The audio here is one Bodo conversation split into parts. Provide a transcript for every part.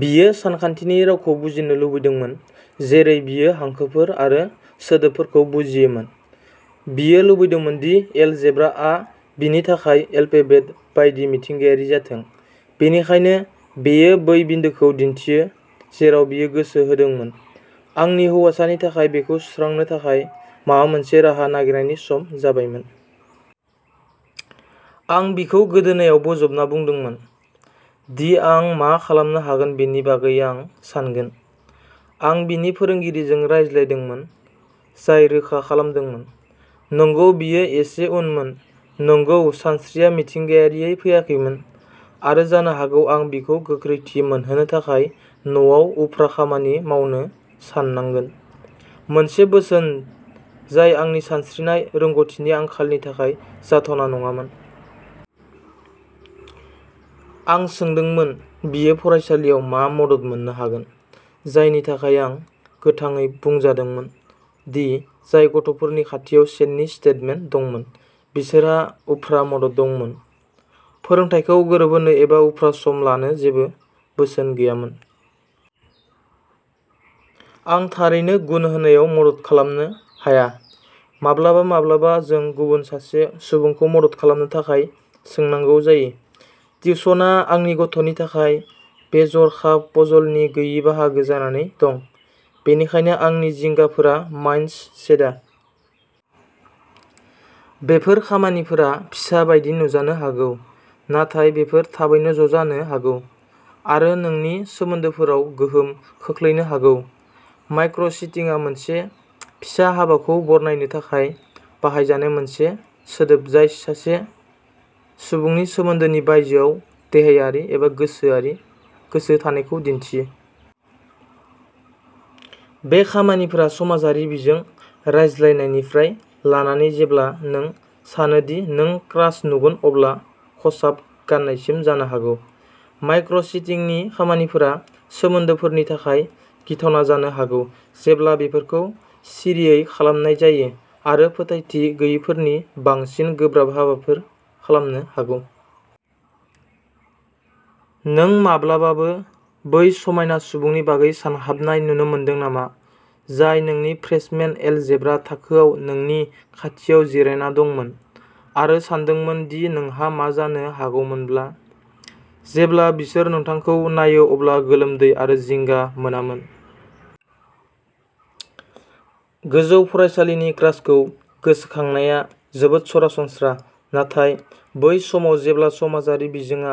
बियो सानखान्थिनि रावखौ बुजिनो लुबैदोंमोन जेरै बियो हांखोफोर आरो सोदोबफोरखौ बुजियोमोन। बियो लुबैदोंमोन दि एलजेब्राआ बिनि थाखाय एलफेबेट बायदि मिथिंगायारि जाथों! बेनिखायनो, बेयो बै बिन्दोखौ दिन्थियो जेराव बियो गोसो होदोंमोन। आंनि हौवासानि थाखाय बेखौ सुस्रांनो थाखाय माबा मोनसे राहा नागिरनायनि सम जाबायमोन। आं बिखौ गोदोनायाव बोजबना बुंदोंमोन दि आं मा खालामनो हागोन बेनि बागै आं सानगोन। आं बिनि फोरोंगिरिजों रायज्लायदोंमोन, जाय रोखा खालामदोंमोन, नंगौ बियो एसे उनमोन, नंगौ सानस्रिया मिथिंगायारियै फैयाखैमोन आरो जानो हागौ आं बिखौ गोख्रैथि मोनहोनो थाखाय न'आव उफ्रा खामानि मावनो साननांगोन; मोनसे बोसोन जाय आंनि सानस्रिनाय रोंग'थिनि आंखालनि थाखाय जाथावना नङामोन। आं सोंदोंमोन बियो फरायसालियाव मा मदद मोन्नो हागोन, जायनि थाखाय आं गोथाङै बुंजादोंमोन दि जाय गथ'फोरनि खाथियाव सेननि स्टेटमेन्ट दंमोन बिसोरहा उफ्रा मदद दंमोन। फोरोंथायखौ गोरोबहोनो एबा उफ्रा सम लानो जेबो बोसोन गैयामोन। आं थारैनो गुन होनायाव मदद खालामनो हाया! माब्लाबा माब्लाबा जों गुबुन सासे सुबुंखौ मदद खालामनो थाखाय सोंनांगौ जायो। टिउशनआ आंनि गथ'नि थाखाय बे जर'खा पजलनि गैयै बाहागो जानानै दं। बेनिखायनो आंनि जिंगाफोरा माइनस सेदा! बेफोर खामानिफोरा फिसा बायदि नुजानो हागौ-नाथाय बेफोर थाबैनो ज'जानो हागौ आरो नोंनि सोमोन्दोफोराव गोहोम खोख्लैनो हागौ। माइक्र'- चिटिंआ मोनसे फिसा हाबाखौ बरनायनो थाखाय बाहायजानाय मोनसे सोदोब जाय सासे सुबुंनि सोमोन्दोनि बायजोआव देहायारि एबा गोसोआरि गोसो थानायखौ दिन्थियो। बे खामानिफोरा समाजारि बिजों रायज्लायनायनिफ्राय लानानै जेब्ला नों सानो दि नों क्रास नुगोन अब्ला खसाब गान्नायसिम जानो हागौ। माइक्र'- चिटिंनि खामानिफोरा सोमोन्दोफोरनि थाखाय गिथावना जानो हागौ जेब्ला बेफोरखौ सिरियै खालामनाय जायो आरो फोथायथि गैयैफोरनि बांसिन गोब्राब हाबाफोर खालामनो हागौ। नों माब्लाबाबो बै समायना सुबुंनि बागै सानहाबनाय नुनो मोनदों नामा, जाय नोंनि फ्रेशमेन एलजेब्रा थाखोआव नोंनि खाथियाव जिरायना दंमोन आरो सानदोंमोन दि नोंहा मा जानो हागौमोनब्ला? जेब्ला बिसोर नोंथांखौ नायो अब्ला गोलोमदै आरो जिंगा मोनामोन? गोजौ फरायसालिनि क्रासखौ गोसोखांनाया जोबोद सरासनस्रा, नाथाय बै समाव जेब्ला समाजारि बिजोङा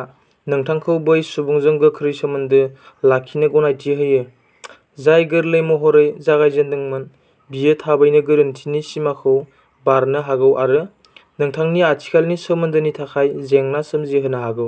नोंथांखौ बै सुबुंजों गोख्रै सोमोन्दो लाखिनो गनायथि होयो, जाय गोरलै महरै जागायजेन्दोंमोन, बियो थाबैनो गोरोन्थिनि सिमाखौ बारनो हागौ आरो नोंथांनि आथिखालनि सोमोन्दोनि थाखाय जेंना सोमजिहोनो हागौ।